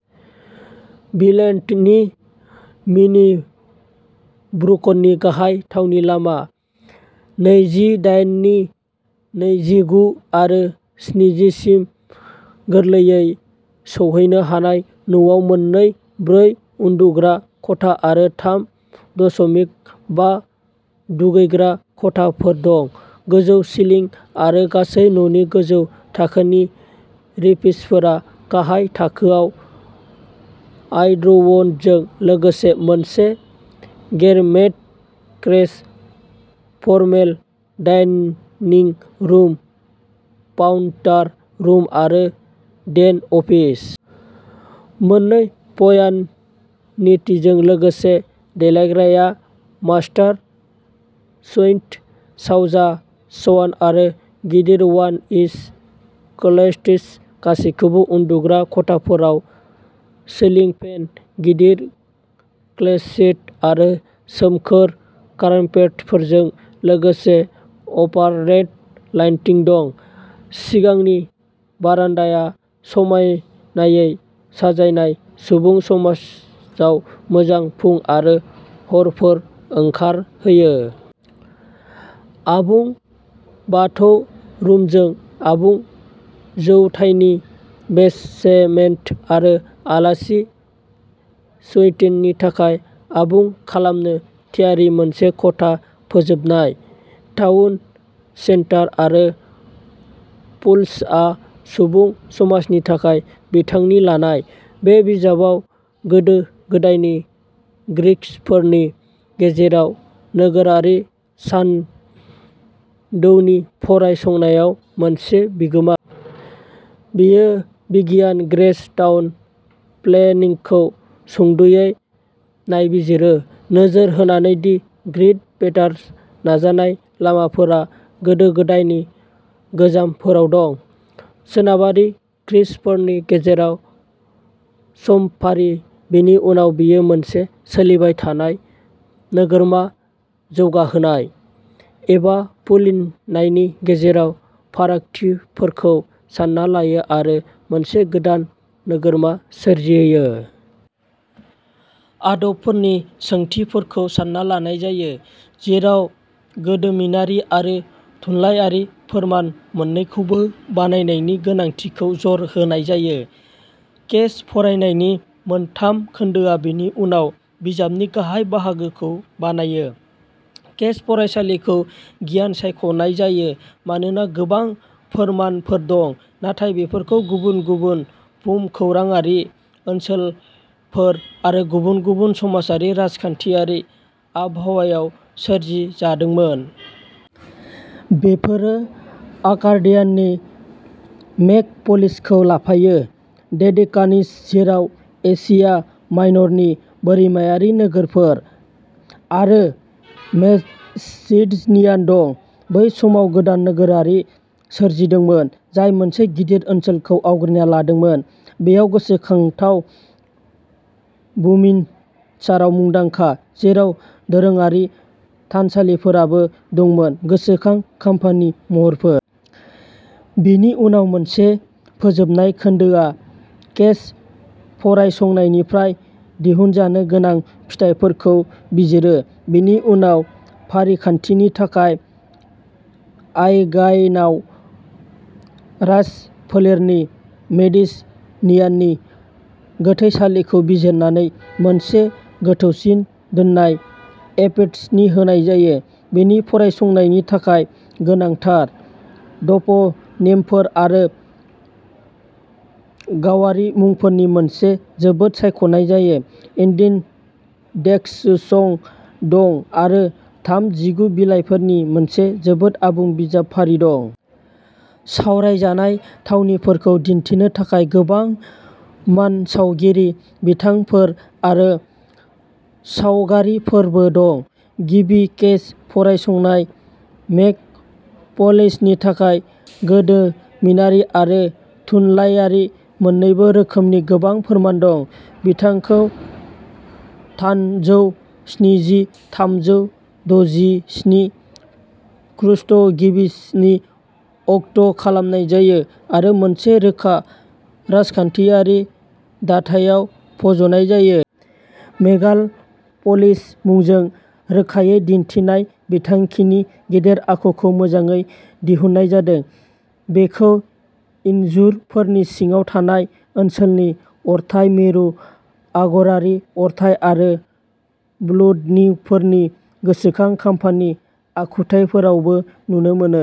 बिलेटननि मिन्टब्रुकनि गाहाय थावनि। लामा नैजिदायेन, नैजिगु, आरो जिस्नि सिम गोरलैयै सौहैनो हानाय न'आव मोन ब्रै उन्दुग्रा खथा आरो थाम दशमिक बा दुगैग्रा खथाफोर दं। गोजौ सिलिं आरो गासै न'नि गोजौ थाखोनि फिनिशफोर। गाहाय थाखोआव हार्डवुडजों लोगोसे मोनसे gourmet kitchen, formal dining room, powder room आरो डेन अफिस। मोननै भ्यानिटिजों लोगोसे देलायमालाय मास्टार सुइट, जावजा शावर, आरो गिदिर वाक-इन क्लोसेट। गासैबो उन्दुग्रा खथाफोराव सिलिं फेन, गिदिर क्लोसेट आरो सोमखोर कार्पेटफोरजों लोगोसे अभारहेड लाइटिं दं। सिगांनि बारान्दाआ समायनायै साजायनाय सुबुं समाजाव मोजां फुं आरो हरफोर ओंखारहोयो। आबुं बाथरुमजों आबुं जौथायनि बेसमेन्ट आरो आलासि सुइटनि थाखाय आबुं खालामनो थियारि मोनसे खथा फोजोबनाय। टाउन सेन्टार आरो पुलआ सुबुं समाजनि थाखाय बिथांखि लानाय। बे बिजाबआ गोदो-गोदायनि ग्रीकफोरनि गेजेराव नोगोरारि सानथौनि फरायसंनायाव मोनसे बिहोमा। बेयो गिबियाव ग्रीक टाउन-प्लेनिंखौ सुंद'यै नायबिजिरो, नोजोर होनानै दि ग्रिड पेटार्नाव साजायनाय लामाफोरा गोदो-गोदायनि गोजामफोरावनो दं। सोनाबारि ग्रीकफोरनि गेजेराव समफारि। बेनि उनाव बेयो मोनसे सोलिबाय थानाय नोगोरमा जौगाहोनाय एबा लुफिन्नायनि गेजेराव फारागथिफोरखौ सान्ना लायो आरो मोनसे गोदान नोगोरमा सोरजियो। आदबफोरनि सोंथिफोरखौ सान्ना लानाय जायो, जेराव गोदोमिनारि आरो थुनलायारि फोरमान मोन्नैखौबो बाहायनायनि गोनांथिखौ जर होनाय जायो। केस-फरायनायनि मोनथाम खोन्दोआ बेनि उनाव बिजाबनि गाहाय बाहागोखौ बानायो। केस-फरायनायखौ गिबियाव सायख'नाय जायो मानोना गोबां फोरमानफोर दं, नाथाय बेफोरो गुबुन-गुबुन भुमखौराङारि ओनसोलफोर आरो गुबुन-गुबुन समाजारि-राजखान्थियारि आबहावायाव सोरजिजादोंमोन। बेफोरो आर्केडियाननि मेग'पलिसखौ लाफायो डडेकानिज, जेराव एसिया माइनरनि बोरिमायारि नोगोरफोर, आरो मेसिड'निया दं। बै समाव गोदान नोगोरमाफोर सोरजिदोंमोन जाय मोनसे गिदिर ओनसोलखौ आवग्रिना लादोंमोन। बेयाव गोसोखांथाव बुमिनसारआ मुंदांखामोन, जेराव दोरोङारि थानसालिफोरबो दंमोन गोसोखां खाम्फानि महरफोर। बेनि उनाव मोनसे फोजोबनाय खोन्दोआ केस-फरायसंनायनिफ्राय दिहुनजानो गोनां फिथाइफोरखौ बिजिरो। बेनि उनाव फारिखान्थिनि थाखाय आइगाइआव राजफोलेरारि मेसिड' नियानि गोथैसालिखौ बिजिरनानै मोनसे गोमोथावै दोननाय एपेंडिक्स होनाय जायो। बे फरायसंनायनि थाखाय गोनांथार ट'प'निमफोर आरो गावारि मुंफोरनि मोनसे जोबोद सायख'जानाय इन्डेक्स दं, आरो थामजिगु बिलाइफोरनि मोनसे जोबोद आबुं बिजाब फारि दं। सावरायजानाय थावनिफोरखौ दिन्थिनो थाखाय गोबां मानसावगारि, बिथांखिफोर आरो सावगारिफोरबो दं। गिबि केस-फरायसंनाय, मेग' पलिसनि थाखाय, गोदोमिनारि आरो थुनलायारि मोन्नैबो रोखोमनि गोबां फोरमान दं। बिथाखौ थानजौ स्निजि-थामजौ दजिस्नि खृष्टगिबिनि अक्ट'खालामनाय जायो आरो मोनसे रोखा राजखान्थियारि दाथायाव फज'नाय जायो। मेगाल पलिस मुंजों रोखायै दिन्थिनाय बिथांखिनि गेदेर आखुखौ मोजाङै दिहुननाय जादों। बेखौ इनजुरफोरनि सिङाव थानाय ओनसोलनि अरथाइ, मिरु आग'रानि अरथाइ, आरो बिल्डिंफोरनि गोसोखां खाम्फानि आखुथायफोरावबो नुनो मोनो।